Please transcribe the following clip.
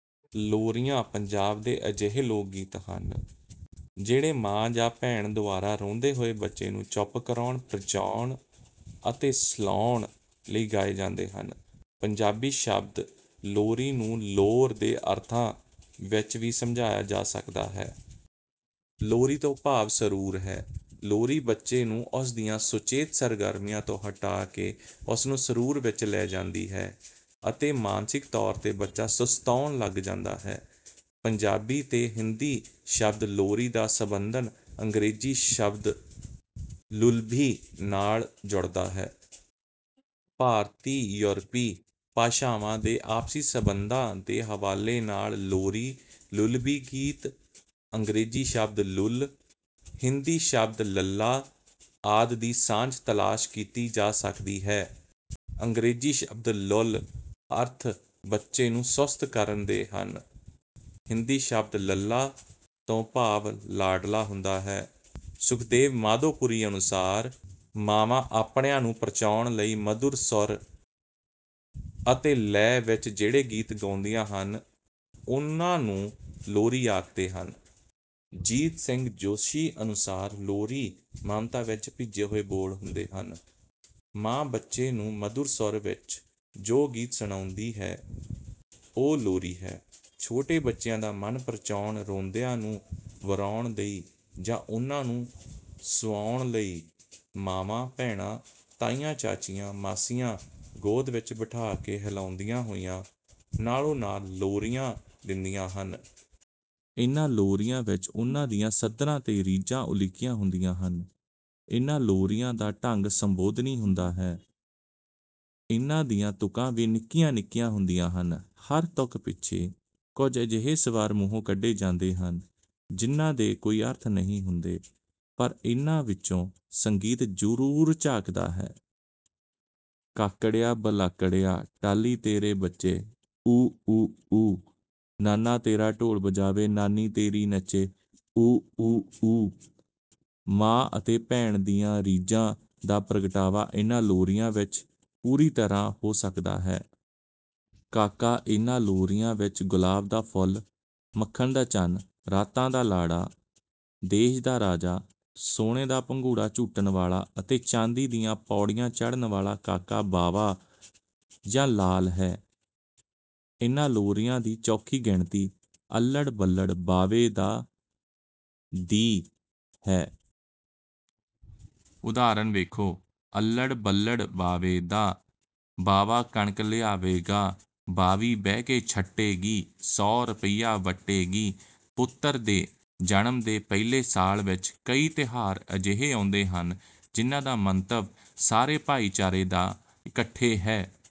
ਲੋਰੀਆਂ ਪੰਜਾਬ ਦੇ ਅਜਿਹੇ ਲੋਕ ਗੀਤ ਹਨ, ਜਿਹੜੇ ਮਾਂ ਜਾਂ ਭੈਣ ਦੁਆਰਾ ਰੋਂਦੇ ਹੋਏ ਬੱਚੇ ਨੂੰ ਚੁੱਪ ਕਰਾਉਣ, ਪ੍ਰਚਾਉਣ ਅਤੇ ਸਲਾਉਣ ਲਈ ਗਾਏ ਜਾਂਦੇ ਹਨ। ਪੰਜਾਬੀ ਸ਼ਬਦ ਲੋਰੀ ਨੂੰ ਲੋਰ ਦੇ ਅਰਥਾਂ ਵਿੱਚ ਵੀ ਸਮਝਿਆ ਜਾ ਸਕਦਾ ਹੈ। ਲੋਰ ਤੋਂ ਭਾਵ ਸਰੂਰ ਹੈ। ਲੋਰੀ ਬੱਚੇ ਨੂੰ ਉਸ ਦੀਆਂ ਸੁਚੇਤ ਸਰਗਰਮੀਆਂ ਤੋਂ ਹਟਾ ਕੇ ਉਸ ਨੂੰ ਸਰੂਰ ਵਿੱਚ ਲੈ ਜਾਂਦੀ ਹੈ ਅਤੇ ਮਾਨਸਿਕ ਤੌਰ ਤੇ ਬੱਚਾ ਸਸਤਾਉਣ ਲੱਗ ਜਾਂਦਾ ਹੈ। ਪੰਜਾਬੀ ਤੇ ਹਿੰਦੀ ਸ਼ਬਦ ਲੋਰੀ ਦਾ ਸੰਬੰਧਨ ਅੰਗਰੇਜ਼ੀ ਸ਼ਬਦ ਲੁੱਲਬੀ ਨਾਲ਼ ਜੁੜਦਾ ਹੈ। ਭਾਰਤੀ ਯੂਰਪੀ ਭਾਸ਼ਾਵਾਂ ਦੇ ਆਪਸੀ ਸੰਬੰਧਾਂ ਦੇ ਹਵਾਲੇ ਨਾਲ਼ ਲੋਰੀ, ਲੁੱਲਬੀ ਗੀਤ ਅੰਗਰੇਜ਼ੀ ਸ਼ਬਦ ਲੁੱਲ, ਹਿੰਦੀ ਸ਼ਬਦ ਲੱਲਾ ਆਦਿ ਦੀ ਸਾਂਝ ਤਲਾਸ਼ ਕੀਤੀ ਜਾ ਸਕਦੀ ਹੈ। ਅੰਗਰੇਜ਼ੀ ਸ਼ਬਦ ਲੁੱਲ ਦੇ ਅਰਥ ਬੱਚੇ ਨੂੰ ਸੁਸਤ ਕਰਨ ਦੇ ਹਨ ਹਿੰਦੀ ਸ਼ਬਦ ਲੱਲਾ ਤੋਂ ਭਾਵ ਲਾਡਲਾ ਹੁੰਦਾ ਹੈ| ਸੁਖਦੇਵ ਮਾਧੋਪੁਰੀ ਅਨੁਸਾਰ, " ਮਾਵਾਂ ਆਪਣਿਆਂ ਨੂੰ ਪ੍ਰਚਾਉਣ ਲਈ ਮਧੁਰ ਸੁਰ ਅਤੇ ਲੈਅ ਵਿੱਚ ਜਿਹੜੇ ਗੀਤ ਗਾਉਂਦੀਆਂ ਹਨ ਉਨ੍ਹਾਂ ਨੂੰ ਲੋਰੀ ਆਖਦੇ ਹਨ। ਜੀਤ ਸਿੰਘ ਜੋਸ਼ੀ ਅਨੁਸਾਰ, " ਲੋਰੀ ਮਮਤਾ ਭਿੱਜੇ ਬੋਲ ਹੁੰਦੇ ਹਨ। ਮਾਂ ਬੱਚੇ ਨੂੰ ਮਧੁਰ ਸੁਰ ਵਿੱਚ ਜੋ ਗੀਤ ਸੁਣਾਉਂਦੀ ਹੈ, ਉਹ ਲੋਰੀ ਹੈ। " "ਛੋਟੇ ਬੱਚਿਆਂ ਦਾ ਮਨ ਪ੍ਰਚਾਉਣ ਰੋਂਦਿਆਂ ਨੂੰ ਵਰਾਉਣ ਲਈ ਜਾਂ ਉਨ੍ਹਾਂ ਨੂੰ ਸੁਆਉਣ ਲਈ ਮਾਵਾਂ, ਭੈਣਾਂ, ਤਾਈਆਂ, ਚਾਚੀਆਂ, ਮਾਸੀਆਂ ਗੋਦ ਵਿੱਚ ਬਿਠਾ ਕੇ ਹਿਲਾਉਂਦੀਆਂ ਹੋਈਆਂ ਨਾਲ਼ੋ ਨਾਲ਼ ਲੋਰੀਆਂ ਦਿੰਦੀਆਂ ਹਨ। ਇਨ੍ਹਾਂ ਲੋਰੀਆਂ ਵਿੱਚ ਉਨ੍ਹਾਂ ਦੀਆਂ ਸੱਧਰਾਂ ਤੇ ਰੀਝਾਂ ਉਲੀਕੀਆਂ ਹੁੰਦੀਆਂ ਹਨ। ਇਨ੍ਹਾਂ ਲੋਰੀਆਂ ਦਾ ਢੰਗ ਸੰਬੋਧਨੀ ਹੁੰਦਾ ਹੈ। ਇਨ੍ਹਾਂ ਦੀਆਂ ਤੁਕਾਂ ਵੀ ਨਿੱਕੀਆਂ ਨਿੱਕੀਆਂ ਹੁੰਦੀਆਂ ਹਨ। ਹਰ ਤੁਕ ਪਿੱਛੇ ਕੁੱਝ ਅਜਿਹੇ ਸਵਰ ਮੂੰਹੋਂ ਕੱਢੇ ਜਾਂਦੇ ਹਨ, ਜਿਨ੍ਹਾਂ ਦੇ ਕੋਈ ਅਰਥ ਨਹੀਂ ਹੁੰਦੇ ,ਪਰ ਇਨ੍ਹਾਂ ਵਿੱਚੋਂ ਸੰਗੀਤ ਜ਼ਰੂਰ ਝਾਕਦਾ ਹੈ। "ਕਾਕੜਿਆ ਬਲਾਕੜਿਆ, ਟਾਹਲੀ ਤੇਰੇ ਬੱਚੇ ਊਂ, ਊਂ, ਊਂ। ਨਾਨਾ ਤੇਰਾ ਢੋਲ ਵਜਾਵੇ, ਨਾਨੀ ਤੇਰੀ ਨੱਚੇ, ਊਂ, ਊਂ, ਊਂ। " "ਮਾਂ ਅਤੇ ਭੈਣ ਦੀਆਂ ਰੀਝਾਂ ਦਾ ਪ੍ਰਗਟਾਵਾ ਇਨ੍ਹਾਂ ਲੋਰੀਆਂ ਵਿੱਚ ਪੂਰੀ ਤਰ੍ਹਾਂ ਹੋ ਸਕਦਾ ਹੈ। ਕਾਕਾ ਇਨ੍ਹਾਂ ਲੋਰੀਆਂ ਵਿੱਚ ਗੁਲਾਬ ਦਾ ਫੁੱਲ, ਮੱਖਣ ਦਾ ਚੰਨ, ਰਾਤਾਂ ਦਾ ਲਾੜਾ, ਦੇਸ਼ ਦਾ ਰਾਜਾ, ਸੋਨੇ ਦਾ ਪੰਘੂੜਾ ਝੂਟਣ ਵਾਲ਼ਾ ਅਤੇ ਚਾਂਦੀ ਦੀਆਂ ਪੌੜੀਆਂ ਚੜ੍ਹਨ ਵਾਲ਼ਾ ਕਾਕਾ ਬਾਵਾ ਜਾਂ ਲਾਲ ਹੈ। ਇਨ੍ਹਾਂ ਲੋਰੀਆਂ ਦੀ ਚੋਖੀ ਗਿਣਤੀ ' ਅੱਲ੍ਹੜ ਬੱਲ੍ਹੜ ਬਾਵੇ ਦਾ ' ਦੀ ਹੈ। " ਉਦਾਹਰਨ ਵੇਖੋ: " ਅੱਲ੍ਹੜ ਬੱਲ੍ਹੜ ਬਾਵੇ ਦਾ, ਬਾਵਾ ਕਣਕ ਲਿਆਵੇਗਾ, ਬਾਵੀ ਬਹਿ ਕੇ ਛੱਟੇਗੀ, ਸੌ ਰੁਪਈਆ ਵੱਟੇਗੀ। " ਪੁੱਤਰ ਦੇ ਜਨਮ ਦੇ ਪਹਿਲੇ ਸਾਲ ਵਿੱਚ ਕਈ ਤਿਉਹਾਰ ਅਜਿਹੇ ਆਉਂਦੇ ਹਨ ਜਿਨ੍ਹਾਂ ਦਾ ਮੰਤਵ ਸਾਰੇ ਭਾਈਚਾਰੇ ਦਾ ਇਕੱਠੇ ਹੈ